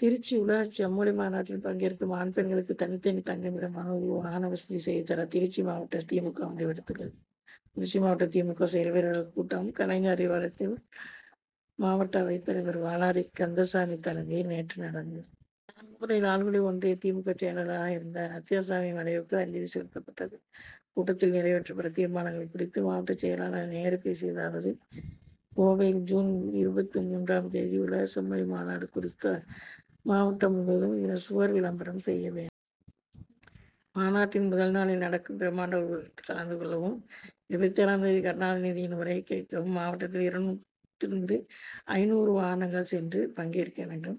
திருச்சி உலக செம்மொழி மாநாட்டில் பங்கேற்கும், ஆண், பெண்களுக்கு, தனித்தனி தங்குமிடம், உணவு, வாகன வசதி செய்து தர திருச்சி மாவட்ட தி. மு. க., முடிவெடுத்துள்ளது. திருச்சி மாவட்ட தி. மு. க., செயல்வீரர்கள் கூட்டம், கலைஞர் அறிவாலயத்தில் மாவட்ட அவைத்தலைவர் வாளாடி கந்தசாமி தலைமையில் நேற்று நடந்தது. நான்கு முறை லால்குடி ஒன்றிய தி. மு. க., செயலாளராக இருந்த ரத்தினசாமி மறைவுக்கு அஞ்சலி செலுத்தப்பட்டது. கூட்டத்தில் நிறைவேற்றப்பட்ட தீர்மானங்கள் குறித்து, மாவட்ட செயலாளர் நேரு பேசியதாவது கோவையில் ஜூன் இருபத்துமூன்றாம் தேதி உலக செம்மொழி மாநாடு குறித்து மாவட்டம் முழுவதும் சுவர் விளம்பரம் செய்யவேண்டும். மாநாட்டின் முதல்நாளில் நடக்கும் பிரமாண்ட ஊர்வலத்தில் கலந்து கொள்ளவும், இருபத்தேழாம் தேதி கருணாநிதியின் உரை கேட்கவும் மாவட்டத்தில் இருந்து ஐந்நூறு வாகனங்கள் சென்று பங்கேற்கவேண்டும்.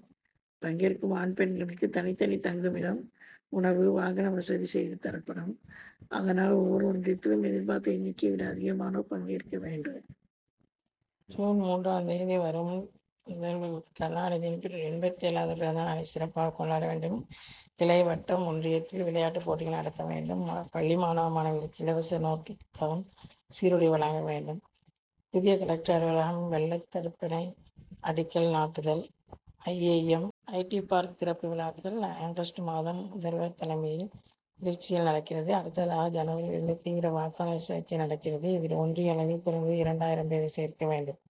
பங்கேற்கும் ஆண், பெண்களுக்கு தனித்தனி தங்குமிடம், உணவு, வாகன வசதி செய்து தரப்படும். அதனால், ஒவ்வொரு ஒன்றியத்திலும் எதிர்பார்த்த எண்ணிக்கைவிட அதிகமானோர் பங்கேற்க வேண்டும். ஜூன் மூன்றாம் தேதி வரும் முதல்வர் கருணாநிதியின் எண்பத்தேழாவது பிறந்தநாளை சிறப்பாக கொண்டாடவேண்டும். கிளை, வட்டம், ஒன்றியத்தில் விளையாட்டு போட்டிகள் நடத்தவேண்டும். பள்ளி மாணவ, மாணவிகளுக்கு இலவச நோட்டு புத்தகம், சீருடை வழங்கவேண்டும். புதிய கலெக்டர் அலுவலகம், வெள்ளத்தடுப்பணை அடிக்கல் நாட்டுதல், I. I. M., I. T. Park திறப்பு விழாக்கள், ஆகஸ்ட் மாதம் முதல்வர் தலைமையில் திருச்சியில் நடக்கிறது. அடுத்ததாக, ஜனவரியில் இருந்து தீவிர வாக்காளர் சேர்க்கை நடக்கிறது. இதில் ஒன்றிய அளவில் குறைந்தது இரண்டாயிரம் பேரை சேர்க்கவேண்டும்.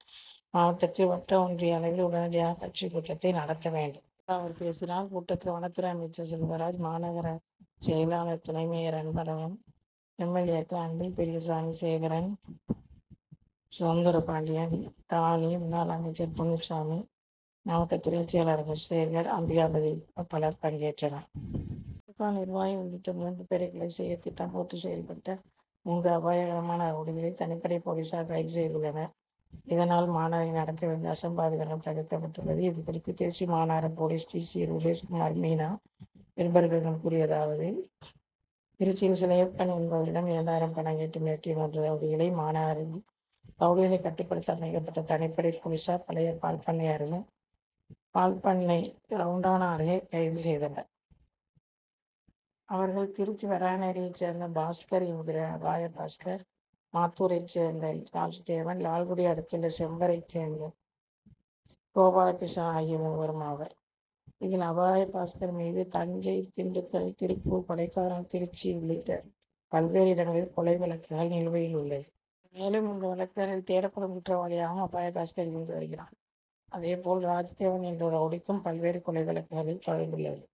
மாவட்டத்தில், வட்ட, ஒன்றிய அளவில் உடனடியாக கட்சிக் கூட்டத்தை நடக்கவேண்டும். இவ்வாறு அவர் பேசினார். கூட்டத்தில், வனத்துறை அமைச்சர் செல்வராஜ், மாநகர செயலாளர் துணைமேயர் அன்பழகன், எம். எல். ஏ.,க்கள் அன்பில் பெரியசாமி, சேகரன், சௌந்தரபாண்டியன், ராணி, முன்னாள் அமைச்சர் பொன்னுச்சாமி, மாவட்டத் துணைச் செயலாளர்கள் சேகர், அம்பிகாபதி உட்பட பலர் பங்கேற்றனர். தி. மு. க., நிர்வாகி உள்ளிட்ட மூன்று பேரை கொலை செய்ய திட்டம் போட்டு செயல்பட்ட மூன்று அபாயகரமான ரவுடிகளை தனிப்படை போலீஸார் கைது செய்துள்ளனர். இதனால் மாநகரில் நடக்கவிருந்த அசம்பாவிதங்கள் தவிர்க்கப்பட்டுள்ளது. இதுகுறித்து திருச்சி மாநகர police D. C., Rupeshkumar Meena நிருபர்களிடம் கூறியதாவது திருச்சியில் சிலையப்பன் என்பவரிடம் இரண்டாயிரம் பணம் கேட்டு மிரட்டிய மூன்று ரவுடிகளை, மாநகரில் ரவுடிகளை கட்டுப்படுத்த அமைக்கப்பட்ட தனிப்படை போலீஸார் பழைய பால்பண்ணை ரவுண்டானா அருகே கைது செய்தனர். அவர்கள் திருச்சி வரகனேரியைச் சேர்ந்த பாஸ்கர் என்கிற அபாய பாஸ்கர், மாத்தூரைச் சேர்ந்த ராஜ்தேவன், லால்குடி அடுத்துள்ள செம்பரைச் சேர்ந்த கோபாலகிருஷ்ணன் ஆகிய மூவரும் ஆவர். இதில் அபாய பாஸ்கர் மீது தஞ்சை, திண்டுக்கல், திருப்பூர், கொடைக்கானல், திருச்சி உள்ளிட்ட பல்வேறு இடங்களில் கொலை வழக்குகள் நிலுவையில் உள்ளது. மேலும் இந்த வழக்குகளில் தேடப்படும் குற்றவாளியாகவும் அபாய பாஸ்கர் இருந்து வருகிறான். அதேபோல், ராஜ்தேவன் என்ற ரவுடிக்கும் பல்வேறு கொலை வழக்குகளில் தொடர்புள்ளது.